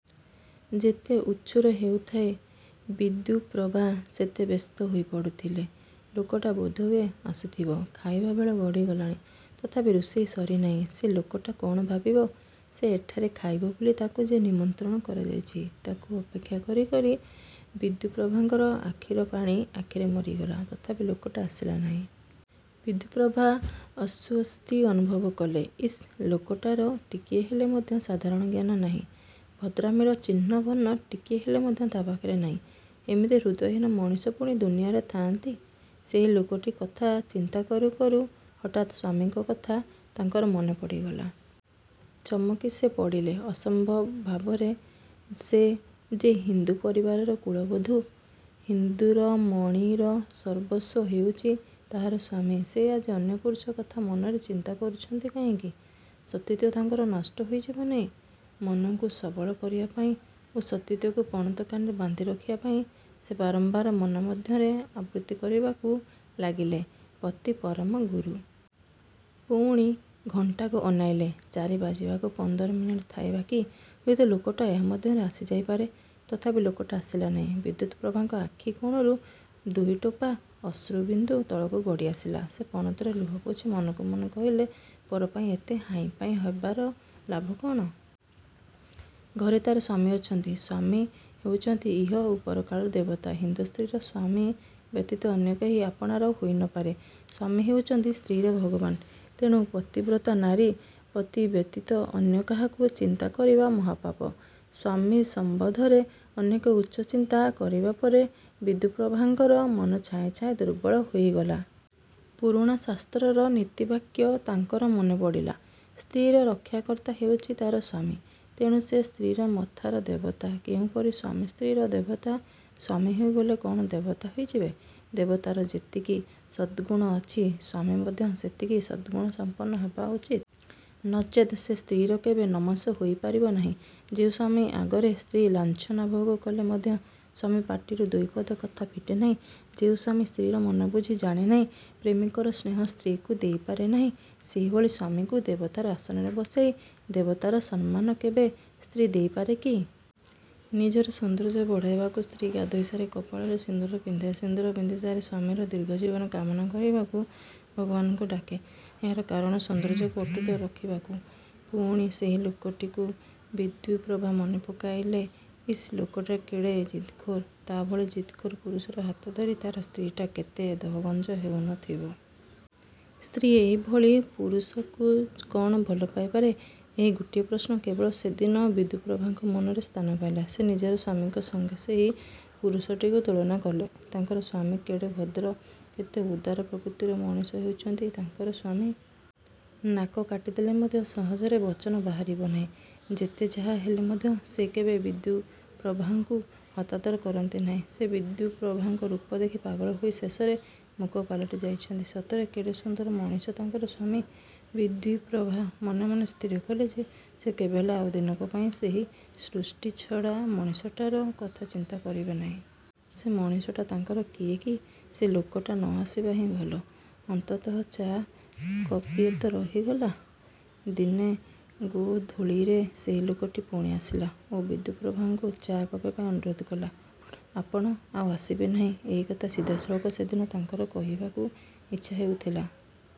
ଯେତେ ଉଛୁର ହେଉଥାଏ ବିଦ୍ୟୁପ୍ରଭା ସେତେ ବ୍ୟସ୍ତହୋଇ ପଡ଼ୁଥିଲେ। ଲୋକଟା ବୋଧହୁଏ ଆସୁଥିବ। ଖାଇବା ବେଳ ଗଡ଼ିଗଲାଣି। ତଥାପି ରୋଷେଇ ସରିନାହିଁ। ସେ ଲୋକଟା କ'ଣ ଭାବିବ? ସେ ଏଠାରେ ଖାଇବ ବୋଲି ତାକୁ ଯେ ନିମନ୍ତ୍ରଣ କରାଯାଇଛି। ତାକୁ ଅପେକ୍ଷା କରି କରି ବିଦ୍ୟୁପ୍ରଭାଙ୍କର ଆଖିର ପାଣି ଆଖିରେ ମରିଗଲା ତଥାପି ଲୋକଟା ଆସିଲା ନାହିଁ। ବିଦ୍ୟୁପ୍ରଭା ଅସ୍ୱସ୍ତି ଅନୁଭବ କଲେ। ଇସ୍ ଲୋକଟାର ଟିକିଏ ହେଲେ ମଧ୍ୟ ସାଧାରଣଜ୍ଞାନ ନାହିଁ। ଭଦ୍ରାମିର ଚିହ୍ନ ବର୍ଣ୍ଣ ଟିକିଏ ହେଲେ ମଧ୍ୟ ତା' ପାଖରେ ନାହିଁ। ଏମିତି ହୃଦୟହୀନ ମଣିଷ ପୁଣି ଦୁନିଆରେ ଥାଆନ୍ତି? ସେହି ଲୋକଟି କଥା ଚିନ୍ତା କରୁ କରୁ ହଠାତ୍ ସ୍ୱାମୀଙ୍କ କଥା ତାଙ୍କର ମନେପଡ଼ିଗଲା। ଚମକି ସେ ପଡ଼ିଲେ ଅସମ୍ଭବ ଭାବରେ। ସେ ଯେ ହିନ୍ଦୁ ପରିବାରର କୁଳବଧୁ। ହିନ୍ଦୁରମଣୀର ସର୍ବସ୍ୱ ହେଉଛି ତାହାର ସ୍ଵାମୀ। ସେ ଆଜି ଅନ୍ୟ ପୁରୁଷ କଥା ମନରେ ଚିନ୍ତା କରୁଛନ୍ତି କାହିଁକି? ସତୀତ୍ୱ ତାଙ୍କର ନଷ୍ଟ ହୋଇଯିବ ନାହିଁ? ମନକୁ ସବଳ କରିବା ପାଇଁ ଓ ସତୀତ୍ୱକୁ ପଣତକାନିରେ ବାନ୍ଧିରଖିବା ପାଇଁ ସେ ବାରମ୍ବାର ମନମଧ୍ୟରେ ଆବୃତ୍ତି କରିବାକୁ ଲାଗିଲେ 'ପତି ପରମ ଗୁରୁ। ' ପୁଣି ଘଣ୍ଟାକୁ ଅନାଇଲେ। ଚାରି ବାଜିବାକୁ ପନ୍ଦର ମିନିଟ୍ ଥାଏ ବାକି। ହୁଏତ ଲୋକଟା ଏହା ମଧ୍ୟରେ ଆସିଯାଇପାରେ? ତଥାପି ଲୋକଟା ଆସିଲା ନାହିଁ। ବିଦ୍ୟୁପ୍ରଭାଙ୍କ ଆଖି କୋଣରୁ ଦୁଇଟୋପା ଅଶ୍ରୁବିନ୍ଦୁ ତଳକୁ ଗଡ଼ିଆସିଲା। ସେ ପଣତରେ ଲୁହ ପୋଛି ମନକୁ ମନ କହିଲେ ପର ପାଇଁ ଏତେ ହାଇଁପାଇଁ ହେବାରେ ଲାଭ କ'ଣ? ଘରେ ତା'ର ସ୍ୱାମୀ ଅଛନ୍ତି। ସ୍ୱାମୀ ହେଉଛନ୍ତି ଇହ ଓ ପରକାଳର ଦେବତା। ହିନ୍ଦୁ ସ୍ତ୍ରୀର ସ୍ୱାମୀ ବ୍ୟତୀତ ଅନ୍ୟ କେହି ଆପଣାର ହୋଇନପାରେ। ସ୍ୱାମୀ ହେଉଛନ୍ତି ସ୍ତ୍ରୀର ଭଗବାନ। ତେଣୁ ପତିବ୍ରତା ନାରୀ ପତି ବ୍ୟତୀତ ଅନ୍ୟ କାହାକୁ ଚିନ୍ତା କରିବା ମହାପାପ। ସ୍ୱାମୀ ସମ୍ବନ୍ଧରେ ଅନେକ ଉଚ୍ଚ ଚିନ୍ତା କରିବା ପରେ ବିଦ୍ୟୁପ୍ରଭାଙ୍କର ମନ ଛାଏଁ ଛାଏଁ ଦୁର୍ବଳ ହୋଇଗଲା। ପୁରାଣ ଶାସ୍ତ୍ରର ନୀତିବାକ୍ୟ ତାଙ୍କର ମନେପଡ଼ିଲା। ସ୍ତ୍ରୀର ରକ୍ଷାକର୍ତ୍ତା ହେଉଛି ତା'ର ସ୍ୱାମୀ। ତେଣୁ ସେ ସ୍ତ୍ରୀର ମଥାର ଦେବତା। କେଉଁପରି ସ୍ୱାମୀ ସ୍ତ୍ରୀର ଦେବତା? ସ୍ୱାମୀ ହୋଇଗଲେ କ'ଣ ଦେବତା ହୋଇଯିବେ-? ଦେବତାର ଯେତିକି ସଦ୍ଗୁଣ ଅଛି ସ୍ୱାମୀ ମଧ୍ୟ ସେତିକି ସଦ୍ଗୁଣସମ୍ପନ୍ନ ହେବା ଉଚିତ୍। ନଚେତ୍ ସେ ସ୍ତ୍ରୀର କେବେ ନମସ୍ୟ ହୋଇପାରିବ ନାହିଁ। ଯେଉଁ ସ୍ୱାମୀ ଆଗରେ ସ୍ତ୍ରୀ ଲାଞ୍ଛନା ଭୋଗ କଲେ ମଧ୍ୟ ସ୍ୱାମୀ ପାଟିରୁ ଦୁଇପଦ କଥା ଫିଟେନାହିଁ, ଯେଉଁ ସ୍ୱାମୀ ସ୍ତ୍ରୀର ମନ ବୁଝି ଜାଣେ ନାହିଁ, ପ୍ରେମିକର ସ୍ନେହ ସ୍ତ୍ରୀକୁ ଦେଇପାରେ ନାହିଁ, ସେହିଭଳି ସ୍ୱାମୀକୁ ଦେବତାର ଆସନରେ ବସାଇ ଦେବତାର ସମ୍ମାନ କେବେ ସ୍ତ୍ରୀ ଦେଇପାରେ କି? ନିଜର ସୌନ୍ଦର୍ଯ୍ୟ ବଢ଼ାଇବାକୁ ସ୍ତ୍ରୀ ଗାଧୋଇସାରି କପାଳରେ ସିନ୍ଦୂର ପିନ୍ଧେ। ସିନ୍ଦୂର ପିନ୍ଧିସାରି ସ୍ୱାମୀର ଦୀର୍ଘଜୀବନ କାମନା କରିବାକୁ ଭଗବାନଙ୍କୁ ଡାକେ। ଏହାର କାରଣ ସୌନ୍ଦର୍ଯ୍ୟକୁ ଅତୁଟ ରଖିବାକୁ। ପୁଣି ସେହି ଲୋକଟିକୁ ବିଦ୍ୟୁପ୍ରଭା ମନେପକାଇଲେ। ଇସ୍ ଲୋକଟା କେଡ଼େ ଜିଦଖୋର। ତା' ଭଳି ଜିଦଖୋର ପୁରୁଷର ହାତଧରି ତା'ର ସ୍ତ୍ରୀଟା କେତେ ଦହଗଞ୍ଜ ହେଉନଥିବ? ସ୍ତ୍ରୀ ଏହିଭଳି ପୁରୁଷକୁ କ'ଣ ଭଲପାଇପାରେ? ଏହି ଗୋଟିଏ ପ୍ରଶ୍ନ କେବଳ ସେଦିନ ବିଦ୍ୟୁପ୍ରଭାଙ୍କ ମନରେ ସ୍ଥାନ ପାଇଲା। ସେ ନିଜର ସ୍ୱାମୀଙ୍କ ସଙ୍ଗେ ସେହି ପୁରୁଷଟିକୁ ତୁଳନା କଲେ। ତାଙ୍କର ସ୍ୱାମୀ କେଡ଼େ ଭଦ୍ର। କେତେ ଉଦାର ପ୍ରକୃତିର ମଣିଷ ହେଉଛନ୍ତି ତାଙ୍କର ସ୍ୱାମୀ। ନାକ କାଟିଦେଲେ ମଧ୍ୟ ସହଜରେ ବଚନ ବାହାରିବ ନାହିଁ। ଯେତେ ଯାହାହେଲେ ମଧ୍ୟ ସେ କେବେ ବିଦ୍ୟୁପ୍ରଭାକୁ ହତାଦର କରନ୍ତି ନାହିଁ। ସେ ବିଦ୍ୟୁପ୍ରଭାଙ୍କ ରୂପ ଦେଖି ପାଗଳ ହୋଇ ଶେଷରେ ମୂକ ପାଲଟି ଯାଇଛନ୍ତି। ସତରେ କେଡ଼େ ସୁନ୍ଦର ମଣିଷ ତାଙ୍କର ସ୍ୱାମୀ! ବିଦ୍ୟୁପ୍ରଭା ମନେମନେ ସ୍ଥିର କଲେ ଯେ ସେ କେବେହେଲେ ଆଉ ଦିନକ ପାଇଁ ସେହି ସୃଷ୍ଟିଛଡ଼ା ମଣିଷଟାର କଥା ଚିନ୍ତା କରିବେ ନାହିଁ। ସେ ମଣିଷଟା ତାଙ୍କର କିଏ କି? ସେ ଲୋକଟା ନ ଆସିବା ହିଁ ଭଲ। ଅନ୍ତତଃ ଚା' କପ୍ଟିଏ ତ ରହିଗଲା। ଦିନେ ଗୋଧୂଳିରେ ସେହି ଲୋକଟି ପୁଣି ଆସିଲା ଓ ବିଦ୍ୟୁପ୍ରଭାଙ୍କୁ ଚା' କପେ ପାଇଁ ଅନୁରୋଧ କଲା। 'ଆପଣ ଆଉ ଆସିବେ ନାହିଁ ' ଏହିକଥା ସିଧାସଳଖ ସେଦିନ ତାଙ୍କର କହିବାକୁ ଇଚ୍ଛା ହେଉଥିଲା।